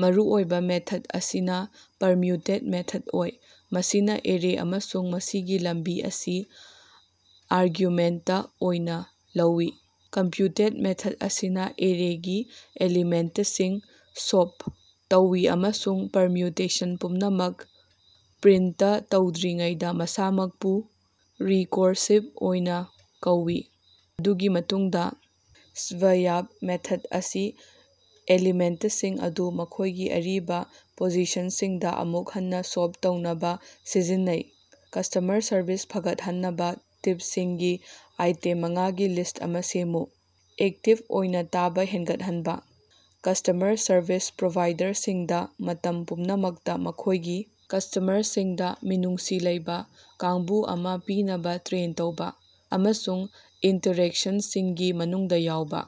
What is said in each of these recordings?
ꯃꯔꯨꯑꯣꯏꯕ ꯃꯦꯊꯗ ꯑꯁꯤꯅ permutate method ꯀꯧꯏ, ꯃꯁꯤꯅ ꯑꯦꯔꯦ ꯑꯃꯁꯨꯡ ꯃꯁꯤꯒꯤ ꯂꯝꯕꯤ ꯑꯁꯤ ꯑꯥꯔꯒꯨꯃꯦꯟꯇ ꯑꯣꯏꯅ ꯂꯧꯏ꯫ ꯄꯔꯃ꯭ꯌꯨꯇꯦꯠ ꯃꯦꯊꯗ ꯑꯁꯤꯅ ꯑꯦꯔꯦꯒꯤ ꯑꯦꯂꯤꯃꯦꯟꯇꯁꯤꯡ ꯁꯣꯞ ꯇꯧꯏ ꯑꯃꯁꯨꯡ ꯄꯔꯃ꯭ꯌꯨꯇꯦꯁꯟ ꯄꯨꯝꯅꯃꯛ ꯄ꯭ꯔꯤꯟꯇ ꯇꯧꯗ꯭ꯔꯤꯉꯩꯗ ꯃꯁꯥꯃꯛꯄꯨ ꯔꯤꯀꯣꯔꯁꯤꯕ ꯑꯣꯏꯅ ꯀꯧꯏ꯫ ꯃꯗꯨꯒꯤ ꯃꯇꯨꯡꯗ ꯁ꯭ꯕ꯭ꯌꯥꯞ ꯃꯦꯊꯗ ꯑꯁꯤ ꯑꯦꯂꯤꯃꯦꯟꯇꯁꯤꯡ ꯑꯗꯨ ꯃꯈꯣꯏꯒꯤ ꯑꯔꯤꯕ ꯄꯣꯖꯤꯁꯟꯁꯤꯡꯗ ꯑꯃꯨꯛ ꯍꯟꯅꯥ ꯁꯣꯞ ꯇꯧꯅꯕꯥ ꯁꯤꯖꯤꯟꯅꯩ꯫ ꯀꯁ꯭ꯇꯃꯔ ꯁꯔꯚꯤꯁ ꯐꯒꯠꯍꯟꯅꯕ ꯇꯤꯞꯁꯤꯡꯒꯤ ꯑꯥꯏꯇꯦꯝ ꯃꯉꯥꯒꯤ ꯂꯤꯁ꯭ꯠ ꯑꯃ ꯁꯦꯝꯃꯨ꯫ ꯑꯦꯛꯇꯤꯕ ꯑꯣꯏꯅ ꯇꯥꯕ ꯍꯦꯟꯒꯠꯍꯟꯕ - ꯀꯁ꯭ꯇꯃꯔ ꯁꯔꯚꯤꯁ ꯄ꯭ꯔꯣꯚꯥꯏꯗꯔꯁꯤꯡꯗ ꯃꯇꯝ ꯄꯨꯝꯅꯃꯛꯇ ꯃꯈꯣꯏꯒꯤ ꯀꯁ꯭ꯇꯃꯔꯁꯤꯡꯗ ꯃꯤꯅꯨꯡꯁꯤ ꯂꯩꯕ ꯀꯥꯡꯕꯨ ꯑꯃ ꯄꯤꯅꯕꯥ ꯇ꯭ꯔꯦꯟ ꯇꯧꯕ, ꯑꯃꯁꯨꯡ ꯏꯟꯇꯔꯦꯛꯁꯟꯁꯤꯡꯒꯤ ꯃꯅꯨꯡꯗ ꯌꯥꯎꯕ꯫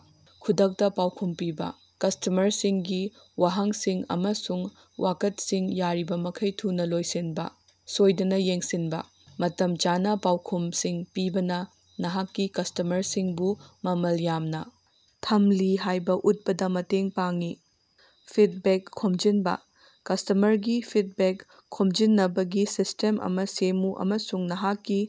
ꯈꯨꯗꯛꯇ ꯄꯥꯎꯈꯨꯝ ꯄꯤꯕꯥ - ꯀꯁ꯭ꯇꯃꯔꯁꯤꯡꯒꯤ ꯋꯥꯍꯪꯁꯤꯡ ꯑꯃꯁꯨꯡ ꯋꯥꯀꯠꯁꯤꯡ ꯌꯥꯔꯤꯕꯃꯈꯩ ꯊꯨꯅ ꯂꯣꯏꯁꯤꯟꯕ ꯁꯣꯏꯗꯅ ꯌꯦꯡꯁꯤꯟꯕ꯫ ꯃꯇꯝ ꯆꯥꯅ ꯄꯥꯎꯈꯨꯝꯁꯤꯡ ꯄꯤꯕꯅ ꯅꯍꯥꯛꯀꯤ ꯀꯁ꯭ꯇꯃꯔꯁꯤꯡꯕꯨ ꯃꯃꯜ ꯌꯥꯝꯅ ꯊꯝꯂꯤ ꯍꯥꯏꯕ ꯎꯠꯄꯗ ꯃꯇꯦꯡ ꯄꯥꯡꯏ꯫ ꯐꯤꯗꯕꯦꯛ ꯈꯣꯝꯖꯤꯟꯕ - ꯀꯁ꯭ꯇꯃꯔꯒꯤ ꯐꯤꯗꯕꯦꯛ ꯈꯣꯝꯖꯤꯟꯅꯕꯒꯤ ꯁꯤꯁꯇꯦꯝ ꯑꯃ ꯁꯦꯝꯃꯨ ꯑꯃꯁꯨꯡ ꯅꯍꯥꯛꯀꯤ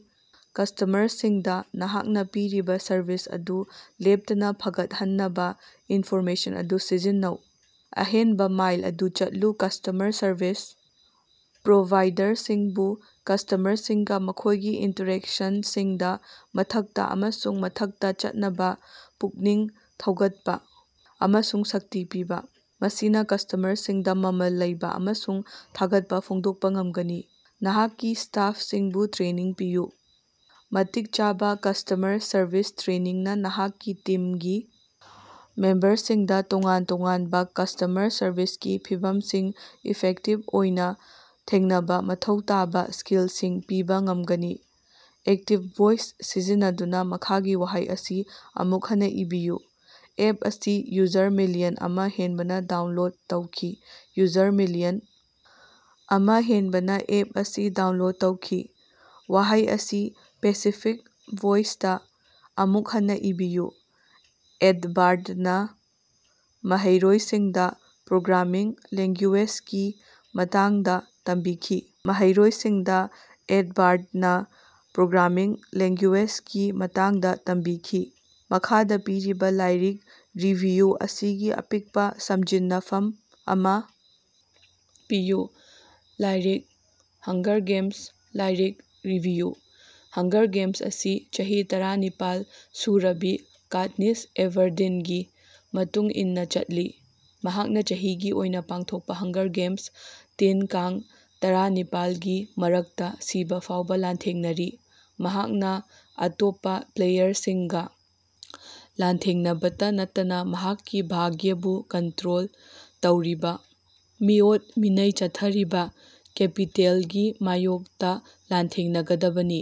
ꯀꯁ꯭ꯇꯃꯔꯁꯤꯡꯗ ꯅꯍꯥꯛꯅ ꯄꯤꯔꯤꯕ ꯁꯔꯚꯤꯁ ꯑꯗꯨ ꯂꯦꯞꯇꯅꯥ ꯐꯒꯠꯍꯟꯅꯕ ꯏꯟꯐꯣꯔꯃꯦꯁꯟ ꯑꯗꯨ ꯁꯤꯖꯤꯟꯅꯧ꯫ ꯑꯍꯦꯟꯕ ꯃꯥꯏꯜ ꯑꯗꯨ ꯆꯠꯂꯨ - ꯀꯁ꯭ꯇꯃꯔ ꯁꯔꯚꯤꯁ ꯄ꯭ꯔꯣꯚꯥꯏꯗꯔꯁꯤꯡꯕꯨ ꯀꯁ꯭ꯇꯃꯔꯁꯤꯡꯒ ꯃꯈꯣꯏꯒꯤ ꯏꯟꯇꯔꯦꯛꯁꯟꯁꯤꯡꯗ ꯃꯊꯛꯇ ꯑꯃꯁꯨꯡ ꯃꯊꯛꯇ ꯆꯠꯅꯕ ꯄꯨꯛꯅꯤꯡ ꯊꯧꯒꯠꯄ ꯑꯃꯁꯨꯡ ꯁꯛꯇꯤ ꯄꯤꯕꯥ, ꯃꯁꯤꯅ ꯀꯁ꯭ꯇꯃꯔꯁꯤꯡꯗ ꯃꯃꯜ ꯂꯩꯕ ꯑꯃꯁꯨꯡ ꯊꯥꯒꯠꯄ ꯐꯣꯡꯗꯣꯛꯄ ꯉꯝꯒꯅꯤ꯫ ꯅꯍꯥꯛꯀꯤ ꯁ꯭ꯇꯥꯐꯁꯤꯡꯕꯨ ꯇ꯭ꯔꯦꯅꯤꯡ ꯄꯤꯌꯨ - ꯃꯇꯤꯛ ꯆꯥꯕ ꯀꯁ꯭ꯇꯃꯔ ꯁꯔꯚꯤꯁ ꯇ꯭ꯔꯦꯅꯤꯡꯅ ꯅꯍꯥꯛꯀꯤ ꯇꯤꯝꯒꯤ ꯃꯦꯝꯕꯔꯁꯤꯡꯗ ꯇꯣꯉꯥꯟ-ꯇꯣꯉꯥꯟꯕ ꯀꯁ꯭ꯇꯃꯔ ꯁꯔꯚꯤꯁꯀꯤ ꯐꯤꯚꯝꯁꯤꯡ ꯏꯐꯦꯛꯇꯤꯕ ꯑꯣꯏꯅ ꯊꯦꯡꯅꯕ ꯃꯊꯧ ꯇꯥꯕ ꯁ꯭ꯀꯤꯜꯁꯤꯡ ꯄꯤꯕ ꯉꯝꯒꯅꯤ꯫ ꯑꯦꯛꯇꯤꯕ ꯚꯣꯏꯁ ꯁꯤꯖꯤꯟꯅꯗꯨꯅ ꯃꯈꯥꯒꯤ ꯋꯥꯍꯩ ꯑꯁꯤ ꯑꯃꯨꯛ ꯍꯟꯅꯥ ꯏꯕꯤꯌꯨ - ꯑꯦꯞ ꯑꯁꯤ ꯌꯨꯖꯔ ꯃꯤꯂꯤꯌꯟ ꯑꯃ ꯍꯦꯟꯕꯅ ꯗꯥꯎꯟꯂꯣꯗ ꯇꯧꯈꯤ꯫ ꯌꯨꯖꯔ ꯃꯤꯂꯤꯌꯟ ꯑꯃ ꯍꯦꯟꯕꯅ ꯑꯦꯞ ꯑꯁꯤ ꯗꯥꯎꯟꯂꯣꯗ ꯇꯧꯈꯤ꯫ ꯋꯥꯍꯩ ꯑꯁꯤ ꯄꯦꯁꯤꯐꯤꯛ ꯚꯣꯏꯁꯇꯥ ꯑꯃꯨꯛ ꯍꯟꯅ ꯏꯕꯤꯌꯨ -ꯑꯦꯗꯕꯥꯔꯗꯅꯥ ꯃꯍꯩꯔꯣꯏꯁꯤꯡꯗ ꯄ꯭ꯔꯣꯒ꯭ꯔꯥꯃꯤꯡ ꯂꯦꯡꯒꯨꯌꯦꯖꯒꯤ ꯃꯇꯥꯡꯗ ꯇꯝꯕꯤꯈꯤ꯫ ꯃꯍꯩꯔꯣꯏꯁꯤꯡꯗ ꯑꯦꯗꯕꯥꯔꯗꯅꯥ ꯄ꯭ꯔꯣꯒ꯭ꯔꯥꯃꯤꯡ ꯂꯦꯡꯒꯨꯌꯦꯖꯒꯤ ꯃꯇꯥꯡꯗ ꯇꯝꯕꯤꯈꯤ꯫ ꯃꯈꯥꯗ ꯄꯤꯔꯤꯕ ꯂꯥꯏꯔꯤꯛ ꯔꯤꯚꯤꯌꯨ ꯑꯁꯤꯒꯤ ꯑꯄꯤꯛꯄ ꯁꯝꯖꯤꯟꯅꯐꯝ ꯑꯃ ꯄꯤꯌꯨ꯫ ꯂꯥꯏꯔꯤꯛ -ꯍꯪꯒꯔ ꯒꯦꯃꯁ ꯂꯥꯏꯔꯤꯛ ꯔꯤꯚꯤꯌꯨ - ꯍꯪꯒꯔ ꯒꯦꯃꯁ ꯑꯁꯤ ꯆꯍꯤ ꯇꯔꯥꯅꯤꯄꯥꯜ ꯁꯨꯔꯕꯤ ꯀꯥꯠꯅꯤꯁ ꯑꯦꯚꯥꯔꯗꯤꯟꯒꯤ ꯃꯇꯨꯡ ꯏꯟꯅꯥ ꯆꯠꯂꯤ, ꯃꯍꯥꯛꯅ ꯆꯍꯤꯒꯤ ꯑꯣꯏꯅ ꯄꯥꯡꯊꯣꯛꯄ ꯍꯪꯒꯔ ꯒꯦꯃꯁ, ꯇꯤꯟ-ꯀꯥꯡ ꯇꯔꯥꯅꯤꯄꯥꯜꯒꯤ ꯃꯔꯛꯇ ꯁꯤꯕꯥ ꯐꯥꯎꯕ ꯂꯥꯟꯊꯦꯡꯅꯔꯤ꯫ ꯃꯍꯥꯛꯅ ꯑꯇꯣꯞꯄ ꯄ꯭ꯂꯦꯌꯔꯁꯤꯡꯒ ꯂꯥꯟꯊꯦꯡꯅꯕꯇꯥ ꯅꯠꯇꯅ ꯃꯍꯥꯛꯀꯤ ꯚꯥꯒ꯭ꯌꯕꯨ ꯀꯟꯇ꯭ꯔꯣꯜ ꯇꯧꯔꯤꯕ ꯃꯤꯑꯣꯠ-ꯃꯤꯅꯩ ꯆꯠꯊꯔꯤꯕ‌ ꯀꯦꯄꯤꯇꯦꯜꯒꯤ ꯃꯥꯌꯣꯛꯇ ꯂꯥꯟꯊꯦꯡꯅꯒꯗꯕꯅꯤ꯫